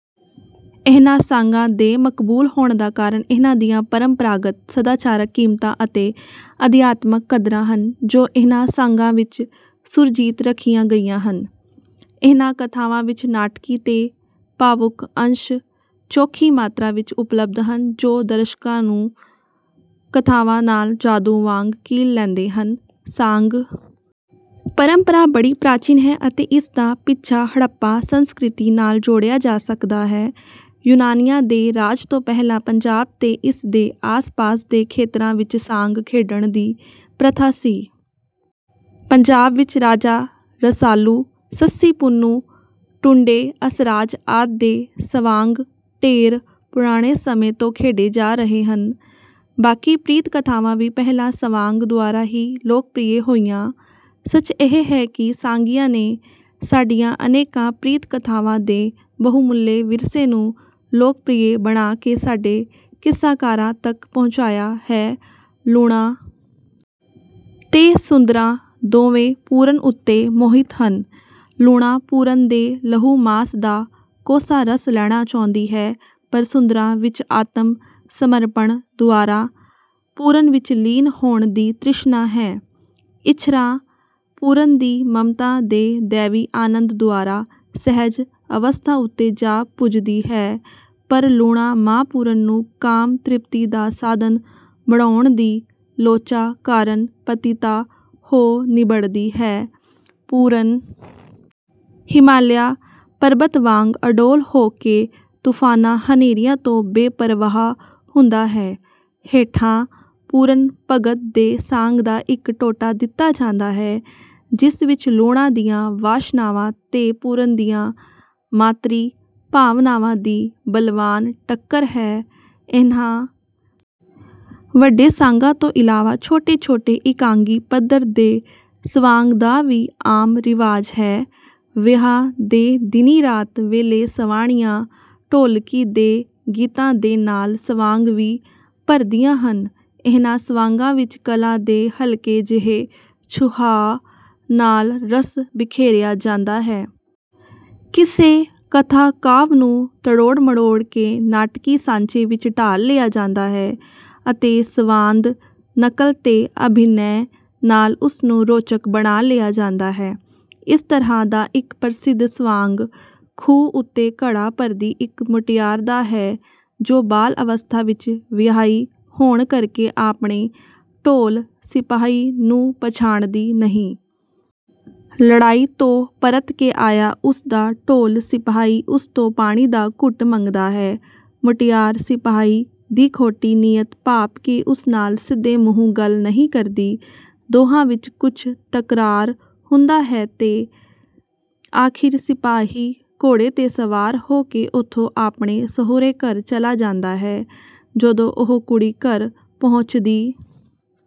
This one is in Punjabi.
ਇਨ੍ਹਾਂ ਸਾਂਗਾਂ ਦੇ ਮਕਬੂਲ ਹੋਣ ਦਾ ਕਾਰਨ ਇਨ੍ਹਾਂ ਦੀਆਂ ਪਰੰਪਰਾਗਤ ਸਦਾਚਾਰਕ ਕੀਮਤਾਂ ਅਤੇ ਅਧਿਆਤਮਕ ਕਦਰਾਂ ਹਨ, ਜੋ ਇਨ੍ਹਾਂ ਸਾਂਗਾਂ ਵਿੱਚ ਸੁਰਜੀਤ ਰੱਖੀਆਂ ਗਈਆਂ ਹਨ। ਇਨ੍ਹਾਂ ਕਥਾਵਾਂ ਵਿੱਚ ਨਾਟਕੀ ਤੇ ਭਾਵੁਕ ਅੰਸ਼ ਚੋਖੀ ਮਾਤਰਾ ਵਿੱਚ ਉਪਲੱਬਧ ਹਨ, ਜੋ ਦਰਸ਼ਕਾਂ ਨੂੰ ਕਥਾਵਾਂ ਨਾਲ ਜਾਦੂ ਵਾਂਗ ਕੀਲ ਲੈਂਦੇ ਹਨ। ਸਾਂਗ ਪਰੰਪਰਾ ਬੜੀ ਪ੍ਰਾਚੀਨ ਹੈ ਅਤੇ ਇਸ ਦਾ ਪਿੱਛਾ ਹੜੱਪਾ ਸੰਸਕ੍ਰਿਤੀ ਨਾਲ ਜੋੜਿਆ ਜਾ ਸਕਦਾ ਹੈ। ਯੂਨਾਨੀਆਂ ਦੇ ਰਾਜ ਤੋਂ ਪਹਿਲਾਂ ਪੰਜਾਬ ਤੇ ਇਸ ਦੇ ਆਸ-ਪਾਸ ਦੇ ਖੇਤਰਾਂ ਵਿੱਚ ਸਾਂਗ ਖੇਡਣ ਦੀ ਪ੍ਰਥਾ ਸੀ। ਪੰਜਾਬ ਵਿੱਚ ਰਾਜਾ ਰਸਾਲੂ, ਸੱਸੀ-ਪੁੰਨੂੰ, ਟੁੰਡੇ ਅਸਰਾਜ ਆਦਿ ਦੇ ਸਵਾਂਗ ਢੇਰ ਪੁਰਾਣੇ ਸਮੇਂ ਤੋਂ ਖੇਡੇ ਜਾ ਰਹੇ ਹਨ। ਬਾਕੀ ਪ੍ਰੀਤ-ਕਥਾਵਾਂ ਵੀ ਪਹਿਲਾਂ ਸਵਾਂਗ ਦੁਆਰਾ ਹੀ ਲੋਕਪ੍ਰਿਅ ਹੋਈਆਂ। ਸੱਚ ਇਹ ਹੈ ਕਿ ਸਾਂਗੀਆਂ ਨੇ ਸਾਡੀਆਂ ਅਨੇਕਾਂ ਪ੍ਰੀਤ-ਕਥਾਵਾਂ ਦੇ ਬਹੁਮੁੱਲੇ ਵਿਰਸੇ ਨੂੰ ਲੋਕਪ੍ਰਿਅ ਬਣਾ ਕੇ ਸਾਡੇ ਕਿੱਸਾਕਾਰਾਂ ਤੱਕ ਪਹੁੰਚਾਇਆ ਹੈ। ਲੂਣਾਂ ਤੇ ਸੁੰਦਰਾਂ ਦੋਵੇਂ ਪੂਰਨ ਉੱਤੇ ਮੋਹਿਤ ਹਨ। ਲੂਣਾਂ ਪੂਰਨ ਦੇ ਲਹੂ-ਮਾਸ ਦਾ ਕੋਸਾ ਰਸ ਲੈਣਾ ਚਾਹੁੰਦੀ ਹੈ, ਪਰ ਸੁੰਦਰਾਂ ਵਿੱਚ ਆਤਮ-ਸਮਰਪਣ ਦੁਆਰਾ ਪੂਰਨ ਵਿੱਚ ਲੀਨ ਹੋਣ ਦੀ ਤ੍ਰਿਸ਼ਨਾ ਹੈ। ਇੱਛਰਾਂ ਪੂਰਨ ਦੀ ਮਮਤਾ ਦੇ ਦੈਵੀ ਆਨੰਦ ਦੁਆਰਾ ਸਹਿਜ ਅਵਸਥਾ ਉੱਤੇ ਜਾ ਪੁੱਜਦੀ ਹੈ, ਪਰ ਲੂਣਾਂ ਮਾਂ ਪੂਰਨ ਨੂੰ ਕਾਮ-ਤ੍ਰਿਪਤੀ ਦਾ ਸਾਧਨ ਬਣਾਉਣ ਦੀ ਲੋਚਾ ਕਾਰਨ ਪਤਿਤਾ ਹੋ ਨਿਬੜਦੀ ਹੈ। ਪੂਰਨ ਹਿਮਾਲਿਆ ਪਰਬਤ ਵਾਂਗ ਅਡੋਲ ਹੋ ਕੇ ਤੂਫ਼ਾਨਾਂ-ਹਨੇਰੀਆਂ ਤੋਂ ਬੇਪ੍ਰਵਾਹ ਹੁੰਦਾ ਹੈ। ਹੇਠਾਂ ਪੂਰਨ ਭਗਤ ਦੇ ਸਾਂਗ ਦਾ ਇੱਕ ਟੋਟਾ ਦਿੱਤਾ ਜਾਂਦਾ ਹੈ, ਜਿਸ ਵਿੱਚ ਲੂਣਾਂ ਦੀਆਂ ਵਾਸ਼ਨਾਵਾਂ ਤੇ ਪੂਰਨ ਦੀਆਂ ਮਾਤ੍ਰੀ ਭਾਵਨਾਵਾਂ ਦੀ ਬਲਵਾਨ ਟੱਕਰ ਹੈ। ਇਨ੍ਹਾਂ ਵੱਡੇ ਸਾਂਗਾਂ ਤੋਂ ਇਲਾਵਾ ਛੋਟੇ-ਛੋਟੇ, ਇਕਾਂਗੀ ਪੱਧਰ ਦੇ ਸਵਾਂਗ ਦਾ ਵੀ ਆਮ ਰਿਵਾਜ ਹੈ। ਵਿਆਹ ਦੇ ਦਿਨੀਂ ਰਾਤ ਵੇਲੇ ਸਵਾਣੀਆਂ ਢੋਲਕੀ ਦੇ ਗੀਤਾਂ ਦੇ ਨਾਲ ਸਵਾਂਗ ਵੀ ਭਰਦੀਆਂ ਹਨ। ਇਨ੍ਹਾਂ ਸਵਾਂਗਾਂ ਵਿੱਚ ਕਲਾ ਦੇ ਹਲਕੇ ਜਿਹੇ ਛੁਹਾਅ ਨਾਲ ਰਸ ਬਿਖੇਰਿਆ ਜਾਂਦਾ ਹੈ। ਕਿਸੇ ਕਥਾ-ਕਾਵਿ ਨੂੰ ਤਰੋੜ-ਮਰੋੜ ਕੇ ਨਾਟਕੀ ਸਾਂਚੇ ਵਿੱਚ ਢਾਲ ਲਿਆ ਜਾਂਦਾ ਹੈ ਅਤੇ ਸੰਵਾਦ, ਨਕਲ ਤੇ ਅਭਿਨੈ ਨਾਲ ਉਸ ਨੂੰ ਰੋਚਕ ਬਣਾ ਲਿਆ ਜਾਂਦਾ ਹੈ। ਇਸ ਤਰ੍ਹਾਂ ਦਾ ਇੱਕ ਪ੍ਰਸਿੱਧ ਸਵਾਂਗ ਖੂਹ ਉੱਤੇ ਘੜਾ ਭਰਦੀ ਇੱਕ ਮੁਟਿਆਰ ਦਾ ਹੈ, ਜੋ ਬਾਲ ਅਵਸਥਾ ਵਿੱਚ ਵਿਆਹੀ ਹੋਣ ਕਰਕੇ ਆਪਣੇ ਢੋਲ-ਸਿਪਾਹੀ ਨੂੰ ਪਛਾਣਦੀ ਨਹੀਂ। ਲੜਾਈ ਤੋਂ ਪਰਤ ਕੇ ਆਇਆ ਉਸ ਦਾ ਢੋਲ-ਸਿਪਾਹੀ ਉਸ ਤੋਂ ਪਾਣੀ ਦਾ ਘੁੱਟ ਮੰਗਦਾ ਹੈ। ਮੁਟਿਆਰ ਸਿਪਾਹੀ ਦੀ ਖੋਟੀ ਨੀਅਤ ਭਾਂਪ ਕੇ ਉਸ ਨਾਲ ਸਿੱਧੇ ਮੂੰਹ ਗੱਲ ਨਹੀਂ ਕਰਦੀ। ਦੋਹਾਂ ਵਿੱਚ ਕੁਝ ਤਕਰਾਰ ਹੁੰਦਾ ਹੈ ਤੇ ਆਖ਼ਿਰ ਸਿਪਾਹੀ ਘੋੜੇ ’ਤੇ ਸਵਾਰ ਹੋ ਕੇ ਉੱਥੋਂ ਆਪਣੇ ਸਹੁਰੇ ਘਰ ਚਲਾ ਜਾਂਦਾ ਹੈ। ਜਦੋਂ ਉਹ ਕੁੜੀ ਘਰ ਪਹੁੰਚਦੀ...